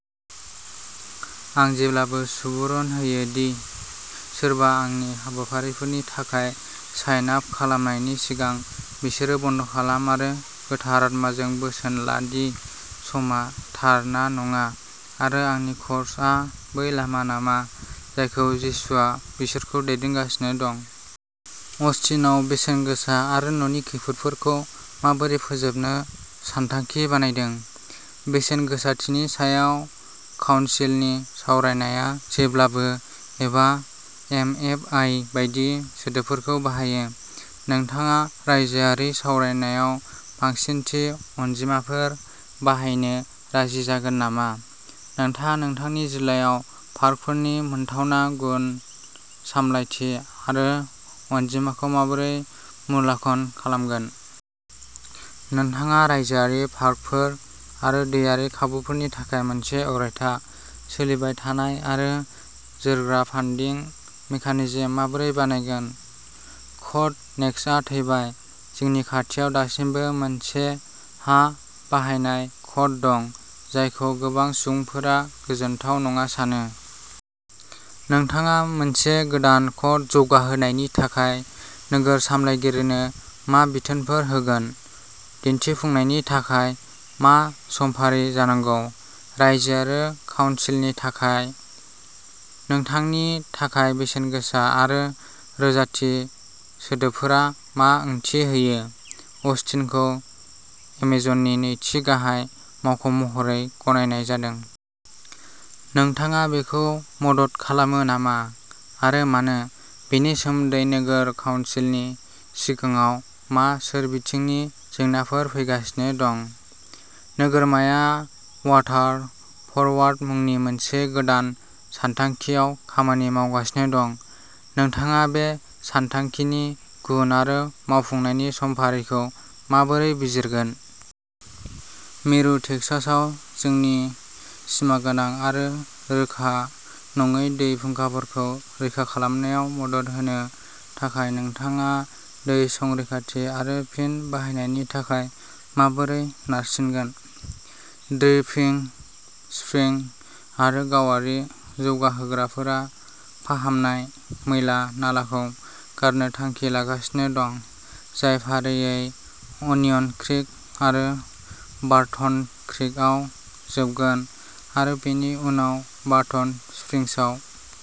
आं जेब्लाबो सुबुरुन होयो दि सोरबा आंनि हाबाफारिफोरनि थाखाय साइन आप खालामनायनि सिगां, बिसोरो बन्द'खालाम आरो गोथार आत्माजों बोसोन ला दि समआ थार ना नङा आरो आंनि कर्सआ बै लामा नामा जायखौ जिसुआ बिसोरखौ दैदेनगासिनो दं। अस्टिनआव बेसेनगोसा आरो न'नि खैफोदफोरखौ माबोरै फोजोबनो सानथांखि बानायदों? बेसेनगोसाथिनि सायाव काउनसिलनि सावरायनाया जेब्लाबो एबा एमएफआइ बायदि सोदोबफोरखौ बाहायो। नोंथाङा रायजोआरि सावरायनायाव बांसिन थि अनजिमाफोर बाहायनो राजि जागोन नामा? नोंथाङा नोंथांनि जिल्लायाव पार्कफोरनि मोनथावना, गुन, सामलायथि आरो अनजिमाखौ माबोरै मूल्याङ्कन खालामगोन? नोंथाङा रायजोआरि पार्कफोर आरो दैआरि खाबुफोरनि थाखाय मोनसे अरायथा, सोलिबाय थानाय आरो जोरग्रा फान्डिं मेकानिजम माबोरै बानायगोन? क'ड नेक्सटआ थैबाय। जोंनि खाथियाव दासिमबो मोनसे हा बाहायनाय क'ड दं जायखौ गोबां सुबुंफोरा गोजोनथाव नङा सानो। नोंथाङा मोनसे गोदान क'ड जौगाहोनायनि थाखाय नोगोर सामलायगिरिनो मा बिथोनफोर होगोन? दिन्थिफुंनायनि थाखाय मा समफारि जानांगौ? राइजो आरो काउनसिलनि थाखाय? नोंथांनि थाखाय बेसेनगोसा आरो रोजाथि सोदोबफोरा मा ओंथि होयो? अस्टिनखौ एमेजननि नैथि गाहाय मावख'महरै गनायनाय जादों। नोंथाङा बेखौ मदद खालामो नामा, आरो मानो? बेनि सोमोनदै नोगोर काउनसिलनि सिगाङाव मा सोरबिथिंनि जेंनाफोर फैगासिनो दं? नोगोरमाया वाटार फरवार्ड मुंनि मोनसे गोदान सानथांखिआव खामानि मावगासिनो दं। नोंथाङा बे सानथांखिनि गुन आरो मावफुंनायनि समफारिखौ माबोरै बिजिरगोन? मिरु टेक्सासआव जोंनि सिमागोनां आरो रोखा नङै दै फुंखाफोरखौ रैखा खालामनायाव मदद होनो थाखाय नोंथाङा दै संरैखाथि आरो फिन बाहायनायनि थाखाय माबोरै नारसिनगोन? ड्रिपिं स्प्रिं आरो गावारि जौगाहोग्राफोरा फाहामनाय मैला-नालाखौ गारनो थांखि लागासिनो दं, जाय फारियै अनियन क्रिक आरो बार्टन क्रिकआव जोबगोन, आरो बेनि उनाव बार्टन स्प्रिंसाव।